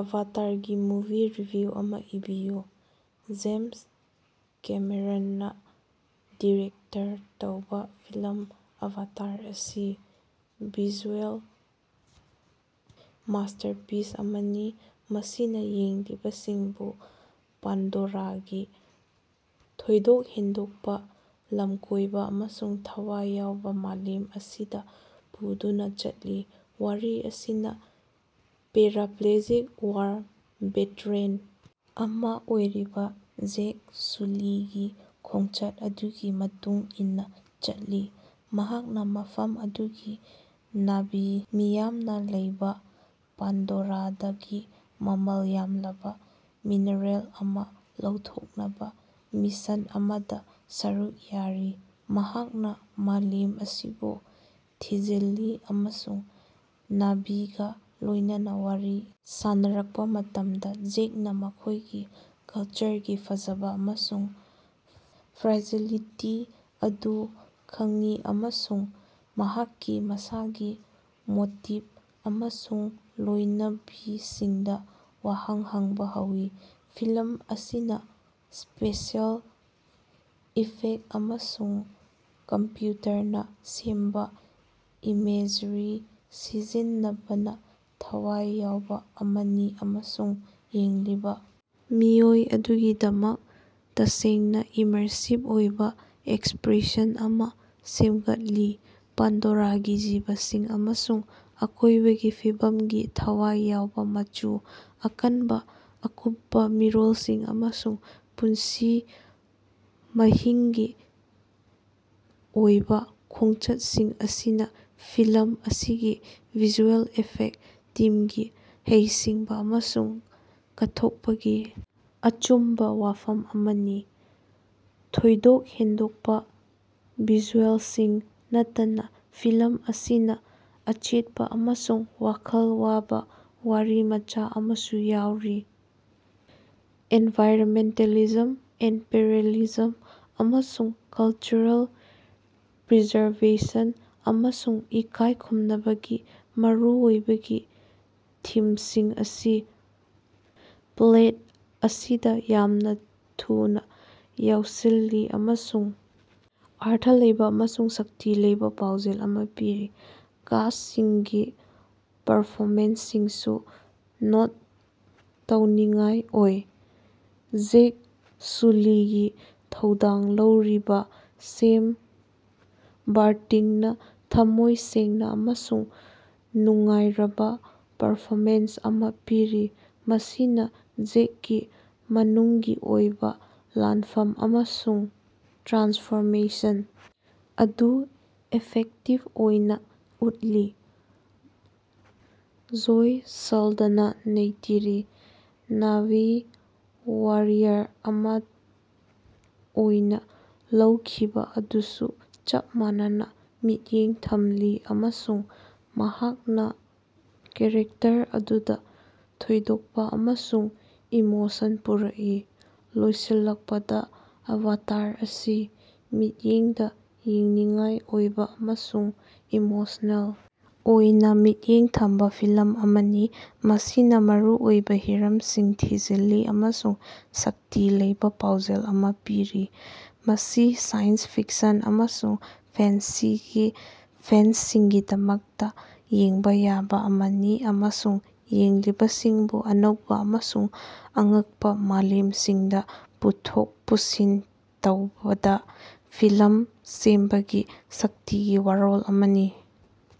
ꯑꯕꯥꯇꯥꯔꯒꯤ movie review ꯑꯃꯥ ꯏꯕꯤꯌꯨ꯫ James ꯀꯦꯃꯦꯔꯟꯅꯥ ꯗꯤꯔꯦꯛꯇꯔ ꯇꯧꯕꯥ ꯐꯤꯂꯝ ꯑꯚꯥꯇꯥꯔ ꯑꯁꯤ ꯚꯤꯖꯨꯑꯦꯜ ꯃꯥꯁꯇꯔꯄꯤꯁ ꯑꯃꯅꯤ ꯃꯁꯤꯅꯥ ꯌꯦꯡꯂꯤꯕꯁꯤꯡꯕꯨ ꯄꯥꯟꯗꯣꯔꯥꯒꯤ ꯊꯣꯏꯗꯣꯛ ꯍꯦꯟꯗꯣꯛꯄꯥ, ꯂꯝꯀꯣꯏꯕꯥ ꯑꯃꯁꯨꯡ ꯊꯋꯥꯏ ꯌꯥꯎꯕꯥ ꯃꯥꯂꯦꯝ ꯑꯁꯤꯗꯥ ꯄꯨꯗꯨꯅꯥ ꯆꯠꯂꯤ꯫ ꯋꯥꯔꯤ ꯑꯁꯤꯅꯥ ꯄꯦꯔꯥꯄ꯭ꯂꯦꯖꯤꯛ ꯋꯥꯔ ꯚꯦꯇꯔꯦꯟ ꯑꯃꯥ ꯑꯣꯏꯔꯤꯕꯥ ꯖꯦꯛ ꯁꯨꯂꯤꯒꯤ ꯈꯣꯡꯆꯠ ꯑꯗꯨꯒꯤ ꯃꯇꯨꯡ ꯏꯟꯅꯥ ꯆꯠꯂꯤ, ꯃꯍꯥꯛꯅꯥ ꯃꯐꯝ ꯑꯗꯨꯒꯤ ꯅꯥꯚꯤ ꯃꯤꯌꯥꯝꯅꯥ ꯂꯩꯕꯥ ꯄꯥꯟꯗꯣꯔꯥꯗꯒꯤ ꯃꯃꯜ ꯌꯥꯝꯂꯕꯥ ꯃꯤꯅꯔꯦꯜ ꯑꯃꯥ ꯂꯧꯊꯣꯛꯅꯕꯥ ꯃꯤꯁꯟ ꯑꯃꯗꯥ ꯁꯔꯨꯛ ꯌꯥꯔꯤ꯫ ꯃꯍꯥꯛꯅꯥ ꯃꯥꯂꯦꯝ ꯑꯁꯤꯕꯨ ꯊꯤꯖꯤꯜꯂꯤ ꯑꯃꯁꯨꯡ ꯅꯥꯚꯤꯒꯥ ꯂꯣꯏꯅꯅꯥ ꯋꯥꯔꯤ ꯁꯥꯟꯔꯛꯄꯥ ꯃꯇꯝꯗꯥ, ꯖꯦꯛꯅꯥ ꯃꯈꯣꯏꯒꯤ ꯀꯜꯆꯔꯒꯤ ꯐꯖꯕꯥ ꯑꯃꯁꯨꯡ ꯐ꯭ꯔꯥꯏꯖꯤꯂꯤꯇꯤ ꯑꯗꯨ ꯈꯪꯏ ꯑꯃꯁꯨꯡ ꯃꯍꯥꯛꯀꯤ ꯃꯁꯥꯒꯤ ꯃꯣꯇꯤꯞ ꯑꯃꯁꯨꯡ ꯂꯣꯏꯅꯕꯤꯁꯤꯡꯗꯥ ꯋꯥꯍꯪ ꯍꯪꯕꯥ ꯍꯧꯏ꯫ ꯐꯤꯂꯝ ꯑꯁꯤꯅꯥ ꯁ꯭ꯄꯦꯁꯤꯑꯦꯜ ꯏꯐꯦꯛ ꯑꯃꯁꯨꯡ ꯀꯝꯄ꯭ꯌꯨꯇꯔꯅꯥ ꯁꯦꯝꯕꯥ ꯏꯃꯦꯖꯔꯤ ꯁꯤꯖꯤꯟꯅꯕꯅꯥ ꯊꯋꯥꯏ ꯌꯥꯎꯕꯥ ꯑꯃꯅꯤ ꯑꯃꯁꯨꯡ ꯌꯦꯡꯂꯤꯕꯥ ꯃꯤꯑꯣꯏ ꯑꯗꯨꯒꯤꯗꯃꯛ ꯇꯁꯦꯡꯅꯥ ꯏꯃꯔꯁꯤꯞ ꯑꯣꯏꯕꯥ ꯑꯦꯛꯁꯄ꯭ꯔꯤꯌꯦꯟꯁ ꯑꯃꯥ ꯁꯦꯝꯒꯠꯂꯤ꯫ ꯄꯥꯟꯗꯣꯔꯥꯒꯤ ꯖꯤꯕꯁꯤꯡ ꯑꯃꯁꯨꯡ ꯑꯀꯣꯏꯕꯒꯤ ꯐꯤꯕꯝꯒꯤ ꯊꯋꯥꯏ ꯌꯥꯎꯕꯥ ꯃꯆꯨ, ꯑꯀꯟꯕꯥ ꯑꯀꯨꯞꯄꯥ ꯃꯤꯔꯣꯜꯁꯤꯡ ꯑꯃꯁꯨꯡ ꯄꯨꯟꯁꯤ ꯃꯍꯤꯡꯒꯤ ꯑꯣꯏꯕꯥ ꯈꯣꯡꯆꯠꯁꯤꯡ ꯑꯁꯤꯅꯥ ꯐꯤꯂꯝ ꯑꯁꯤꯒꯤ ꯚꯤꯖꯨꯑꯦꯜ ꯏꯐꯦꯛ ꯇꯤꯝꯒꯤ ꯍꯩꯁꯤꯡꯕꯥ ꯑꯃꯁꯨꯡ ꯀꯠꯊꯣꯛꯄꯒꯤ ꯑꯆꯨꯝꯕꯥ ꯋꯥꯐꯝ ꯑꯃꯅꯤ꯫ ꯊꯣꯏꯗꯣꯛ ꯍꯦꯟꯗꯣꯛꯄꯥ ꯚꯤꯖꯨꯑꯦꯜꯁꯤꯡ ꯅꯠꯇꯅꯥ ꯐꯤꯂꯝ ꯑꯁꯤꯅꯥ ꯑꯆꯦꯠꯄꯥ ꯑꯃꯁꯨꯡ ꯋꯥꯈꯜ ꯋꯥꯕꯥ ꯋꯥꯔꯤꯃꯆꯥ ꯑꯃꯁꯨ ꯌꯥꯎꯔꯤ꯫ ꯑꯦꯟꯚꯥꯏꯔꯟꯃꯦꯟꯇꯦꯂꯤꯖꯝ, ꯏꯝꯄꯦꯔꯦꯂꯤꯖꯝ ꯑꯃꯁꯨꯡ ꯀꯜꯆꯔꯦꯜ ꯄ꯭ꯔꯤꯖꯥꯔꯕꯦꯁꯟ ꯑꯃꯁꯨꯡ ꯏꯀꯥꯏ ꯈꯨꯝꯅꯕꯒꯤ ꯃꯔꯨꯑꯣꯏꯕꯒꯤ ꯊꯤꯝꯁꯤꯡ ꯑꯁꯤ ꯄ꯭ꯂꯦꯠ ꯑꯁꯤꯗꯥ ꯌꯥꯝꯅꯥ ꯊꯨꯅꯥ ꯌꯥꯎꯁꯤꯜꯂꯤ ꯑꯃꯁꯨꯡ ꯑꯔꯊ ꯂꯩꯕꯥ ꯑꯃꯁꯨꯡ ꯁꯛꯇꯤ ꯂꯩꯕꯥ ꯄꯥꯎꯖꯦꯜ ꯑꯃꯥ ꯄꯤꯔꯤ꯫ ꯀꯥꯁꯁꯤꯡꯒꯤ ꯄꯔꯐꯣꯃꯦꯟꯁꯁꯤꯡꯁꯨ ꯅꯣꯠ ꯇꯧꯅꯤꯡꯉꯥꯏ ꯑꯣꯏ꯫ ꯖꯦꯛ ꯁꯨꯂꯤꯒꯤ ꯊꯧꯗꯥꯡ ꯂꯧꯔꯤꯕꯥ ꯁꯦꯝ ꯕꯔꯇꯤꯡꯅꯥ ꯊꯝꯃꯣꯏ ꯁꯦꯡꯅꯥ ꯑꯃꯁꯨꯡ ꯅꯨꯡꯉꯥꯏꯔꯕꯥ ꯄꯔꯐꯣꯃꯦꯟꯁ ꯑꯃꯥ ꯄꯤꯔꯤ, ꯃꯁꯤꯅꯥ ꯖꯦꯛꯀꯤ ꯃꯅꯨꯡꯒꯤ ꯑꯣꯏꯕꯥ ꯂꯥꯟꯐꯝ ꯑꯃꯁꯨꯡ ꯇ꯭ꯔꯥꯟꯁꯐꯣꯔꯃꯦꯁꯟ ꯑꯗꯨ ꯏꯐꯦꯛꯇꯤꯞ ꯑꯣꯏꯅꯥ ꯎꯠꯂꯤ꯫ Zoe Saldana Neytiri, Na'vi warrior ꯑꯃꯥ ꯑꯣꯏꯅꯥ ꯂꯧꯈꯤꯕꯥ ꯑꯗꯨꯁꯨ ꯆꯞ ꯃꯥꯟꯅꯅꯥ ꯃꯤꯠꯌꯦꯡ ꯊꯝꯂꯤ ꯑꯃꯁꯨꯡ ꯃꯍꯥꯛꯅꯥ ꯀꯥꯔꯦꯇꯔ ꯑꯗꯨꯗꯥ ꯊꯣꯏꯗꯣꯛꯄꯥ ꯑꯃꯁꯨꯡ ꯏꯃꯣꯁꯟ ꯄꯨꯔꯛꯏ꯫ ꯂꯣꯏꯁꯤꯜꯂꯛꯄꯗꯥ, ꯑꯕꯥꯇꯥꯔ ꯑꯁꯤ ꯃꯤꯠꯌꯦꯡꯗꯥ ꯌꯦꯡꯅꯤꯡꯉꯥꯏ ꯑꯣꯏꯕꯥ ꯑꯃꯁꯨꯡ ꯏꯃꯣꯁꯅꯦꯜ ꯑꯣꯏꯅꯥ ꯃꯤꯠꯌꯦꯡ ꯊꯝꯕꯥ ꯐꯤꯂꯝ ꯑꯃꯅꯤ, ꯃꯁꯤꯅꯥ ꯃꯔꯨꯑꯣꯏꯕꯥ ꯍꯤꯔꯝꯁꯤꯡ ꯊꯤꯖꯤꯜꯂꯤ ꯑꯃꯁꯨꯡ ꯁꯛꯇꯤ ꯂꯩꯕꯥ ꯄꯥꯎꯖꯦꯜ ꯑꯃꯥ ꯄꯤꯔꯤ꯫ ꯃꯁꯤ ꯁꯥꯏꯟꯁ ꯐꯤꯛꯁꯟ ꯑꯃꯁꯨꯡ ꯐꯦꯟꯁꯤꯒꯤ ꯐꯦꯟꯁꯤꯡꯒꯤꯗꯃꯛꯇꯥ ꯌꯦꯡꯕꯥ ꯌꯥꯕꯥ ꯑꯃꯅꯤ, ꯑꯃꯁꯨꯡ ꯌꯦꯡꯂꯤꯕꯁꯤꯡꯕꯨ ꯑꯅꯧꯕꯥ ꯑꯃꯁꯨꯡ ꯑꯉꯛꯄꯥ ꯃꯥꯂꯦꯝꯁꯤꯡꯗꯥ ꯄꯨꯊꯣꯛ ꯄꯨꯁꯤꯟ ꯇꯧꯕꯗꯥ ꯐꯤꯂꯝ ꯁꯦꯝꯕꯒꯤ ꯁꯛꯇꯤꯒꯤ ꯋꯥꯔꯣꯜ ꯑꯃꯅꯤ꯫